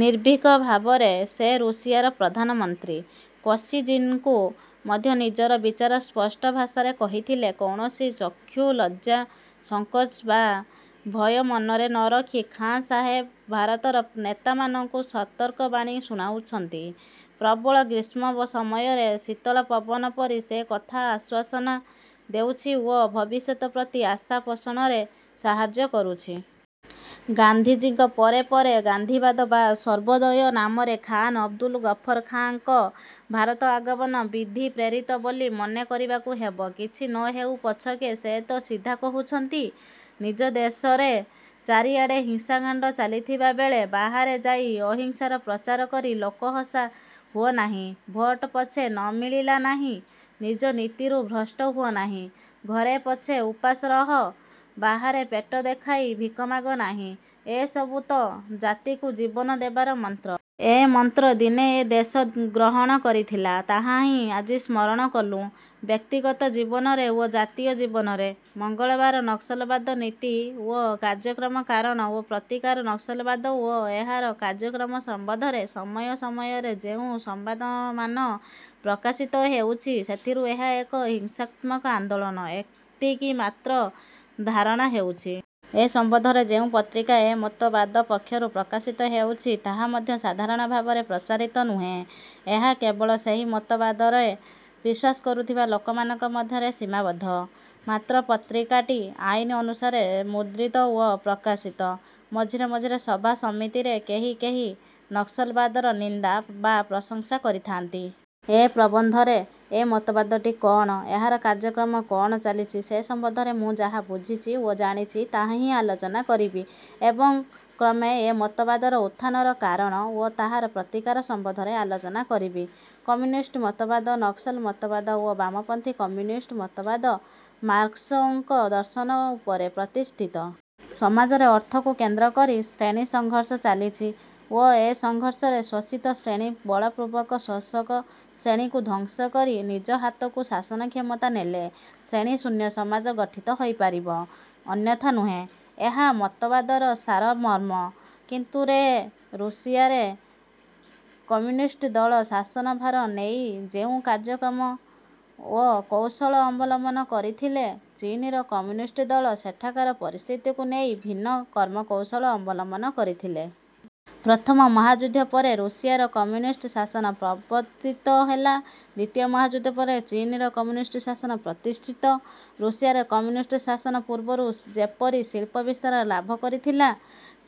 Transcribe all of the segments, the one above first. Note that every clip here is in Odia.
ନିର୍ଭୀକ ଭାବରେ ସେ ରୁଷିଆର ପ୍ରଧାନମନ୍ତ୍ରୀ। କୋସିଜିନଙ୍କୁ ମଧ୍ୟ ନିଜର ବିଚାର ସ୍ପଷ୍ଟ ଭାଷାରେ କହିଥିଲେ। କୌଣସି ଚକ୍ଷୁଲଜ୍ଜା, ସଙ୍କୋଚ ବା ଭୟ ମନରେ ନ ରଖି ଖାଁ ସାହେବ ଭାରତର ନେତାମାନଙ୍କୁ ସତର୍କ ବାଣୀ ଶୁଣାଉଛନ୍ତି। ପ୍ରବଳ ଗ୍ରୀଷ୍ମ ସମୟରେ ଶୀତଳ ପବନ ପରି ସେ କଥା ଆଶ୍ୱାସନା ଦେଉଛି ଓ ଭବିଷ୍ୟତ ପ୍ରତି ଆଶା ପୋଷଣରେ ସାହାଯ୍ୟ କରୁଛି। ଗାନ୍ଧିଜୀଙ୍କ ପରେ ପରେ ଗାନ୍ଧିବାଦ ବା ସର୍ବୋଦୟ ନାମରେ ଖାନ୍ ଅବଦୁଲ ଗଫର ଖାଁଙ୍କ ଭାରତ ଆଗମନ ବିଧି-ପ୍ରେରିତ ବୋଲି ମନେ କରିବାକୁ ହେବ। କିଛି ନ ହେଉ ପଛକେ ସେ ତ ସିଧା କହୁଛନ୍ତି ''ନିଜ ଦେଶରେ ଚାରିଆଡ଼େ ହିଂସାକାଣ୍ଡ ଚାଲିଥିବା ବେଳେ, ବାହାରେ ଯାଇ ଅହିଂସାର ପ୍ରଚାର କରି ଲୋକହସା ହୁଅନାହିଁ'', ''ଭୋଟ ପଛେ ନ ମିଳିଲା ନାହିଁ, ନିଜ ନୀତିରୁ ଭ୍ରଷ୍ଟ ହୁଅନାହିଁ'', ''ଘରେ ପଛେ ଉପାସେ ରହ, ବାହାରେ ପେଟ ଦେଖାଇ ଭିଖ ମାଗ ନାହିଁ'' ଏ ସବୁ ତ ଜାତିକୁ ଜୀବନ ଦେବାର ମନ୍ତ୍ର। ଏହି ମନ୍ତ୍ର ଦିନେ ଏ ଦେଶ ଗ୍ରହଣ କରିଥିଲା। ତାହାହିଁ ଆଜି ସ୍ମରଣ କଲୁଁ, ବ୍ୟକ୍ତିଗତ ଜୀବନରେ ଓ ଜାତୀୟ ଜୀବନରେ। ମଙ୍ଗଳବାର ନକ୍ସଲବାଦ-ନୀତି ଓ କାର୍ଯ୍ୟକ୍ରମ କାରଣ ଓ ପ୍ରତିକାର ନକ୍ସଲବାଦ ଓ ଏହାର କାର୍ଯ୍ୟକ୍ରମ ସମ୍ବନ୍ଧରେ ସମୟ ସମୟରେ ଯେଉଁ ସମ୍ବାଦମାନ ପ୍ରକାଶିତ ହେଉଛି ସେଥିରୁ ଏହା ଏକ ହିଂସାତ୍ମକ ଆନ୍ଦୋଳନ, ଏତିକିମାତ୍ର ଧାରଣା ହେଉଛି। ଏ ସମ୍ବନ୍ଧରେ ଯେଉଁ ପତ୍ରିକା ଏ ମତବାଦ ପକ୍ଷରୁ ପ୍ରକାଶିତ ହେଉଛି ତାହା ମଧ୍ୟ ସାଧାରଣ ଭାବରେ ପ୍ରଚାରିତ ନୁହେଁ। ଏହା କେବଳ ସେହି ମତବାଦରେ ବିଶ୍ୱାସ କରୁଥିବା ଲୋକମାନଙ୍କ ମଧ୍ୟରେ ସୀମାବଦ୍ଧ। ମାତ୍ର ପତ୍ରିକାଟି ଆଇନ ଅନୁସାରେ ମୁଦ୍ରିତ ଓ ପ୍ରକାଶିତ। ମଝିରେ ମଝିରେ ସଭା ସମିତିରେ କେହି କେହି ନକ୍ସଲବାଦର ନିନ୍ଦା ବା ପ୍ରଶଂସା କରିଥାନ୍ତି। ଏ ପ୍ରବନ୍ଧରେ ଏ ମତବାଦଟି କଅଣ, ଏହାର କାର୍ଯ୍ୟକ୍ରମ କଅଣ ଚାଲିଛି ସେ ସମ୍ବନ୍ଧରେ ମୁଁ ଯାହା ବୁଝିଛି ଓ ଜାଣିଛି ତାହାହିଁ ଆଲୋଚନା କରିବି ଏବଂ କ୍ରମେ ଏ ମତବାଦର ଉତ୍ଥାନର କାରଣ ଓ ତାହାର ପ୍ରତିକାର ସମ୍ବନ୍ଧରେ ଆଲୋଚନା କରିବି। କମ୍ୟୁନିଷ୍ଟ ମତବାଦ, ନକ୍ସଲ ମତବାଦ ଓ ବାମପନ୍ଥୀ କମ୍ୟୁନିଷ୍ଟ ମତବାଦ ମାର୍କସ୍ଙ୍କ ଦର୍ଶନ ଉପରେ ପ୍ରତିଷ୍ଠିତ। ସମାଜରେ ଅର୍ଥକୁ କେନ୍ଦ୍ର କରି ଶ୍ରେଣୀ ସଂଘର୍ଷ ଚାଲିଛି ଓ ଏ ସଂଘର୍ଷରେ ଶୋଷିତ ଶ୍ରେଣୀ ବଳପୂର୍ବକ ଶୋଷକ ଶ୍ରେଣୀକୁ ଧ୍ୱଂସ କରି ନିଜ ହାତକୁ ଶାସନକ୍ଷମତା ନେଲେ, ଶ୍ରେଣୀଶୂନ୍ୟସମାଜ ଗଠିତ ହୋଇପାରିବ, ଅନ୍ୟଥା ନୁହେଁ। ଏହା ମତବାଦର ସାରମର୍ମ। କିନ୍ତୁ ରେ ରୁଷିଆରେ କମ୍ୟୁନିଷ୍ଟ ଦଳ ଶାସନଭାର ନେଇ ଯେଉଁ କାର୍ଯ୍ୟକ୍ରମ ଓ କୌଶଳ ଅବଲମ୍ବନ କରିଥିଲେ, ଚୀନର କମ୍ୟୁନିଷ୍ଟ ଦଳ ସେଠାକାର ପରିସ୍ଥିତିକୁ ନେଇ ଭିନ୍ନ କର୍ମକୌଶଳ ଅବଲମ୍ବନ କରିଥିଲେ। ପ୍ରଥମ ମହାଯୁଦ୍ଧ ପରେ ରୁଷିଆରେ କମ୍ୟୁନିଷ୍ଟ ଶାସନ ପ୍ରବର୍ତ୍ତିତ ହେଲା। ଦ୍ୱିତୀୟ ମହାଯୁଦ୍ଧ ପରେ ଚୀନରେ କମ୍ୟୁନିଷ୍ଟ ଶାସନ ପ୍ରତିଷ୍ଠିତ। ରୁଷିଆରେ କମ୍ୟୁନିଷ୍ଟ ଶାସନ ପୂର୍ବରୁ ଯେପରି ଶିଳ୍ପ ବିସ୍ତାର ଲାଭ କରିଥିଲା;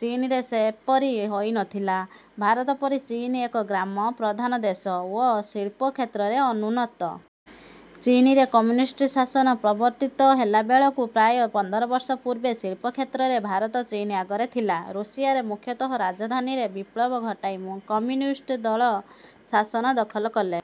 ଚୀନରେ ସେପରି ହୋଇ ନଥିଲା। ଭାରତ ପରି ଚୀନ ଏକ ଗ୍ରାମ ପ୍ରଧାନ ଦେଶ ଓ ଶିଳ୍ପ କ୍ଷେତ୍ରରେ ଅନୁନ୍ନତ। ଚୀନରେ କମ୍ୟୁନିଷ୍ଟ ଶାସନ ପ୍ରବର୍ତ୍ତିତ ହେବାବେଳକୁ ପ୍ରାୟ ପନ୍ଦରବର୍ଷ ପୂର୍ବେ ଶିଳ୍ପକ୍ଷେତ୍ରରେ ଭାରତ ଚୀନ ଆଗରେ ଥିଲା। ରୁଷିଆରେ ମୁଖ୍ୟତଃ ରାଜଧାନୀରେ ବିପ୍ଳବ ଘଟାଇ କମ୍ୟୁନିଷ୍ଟ ଦଳ ଶାସନ ଦଖଲ କଲେ।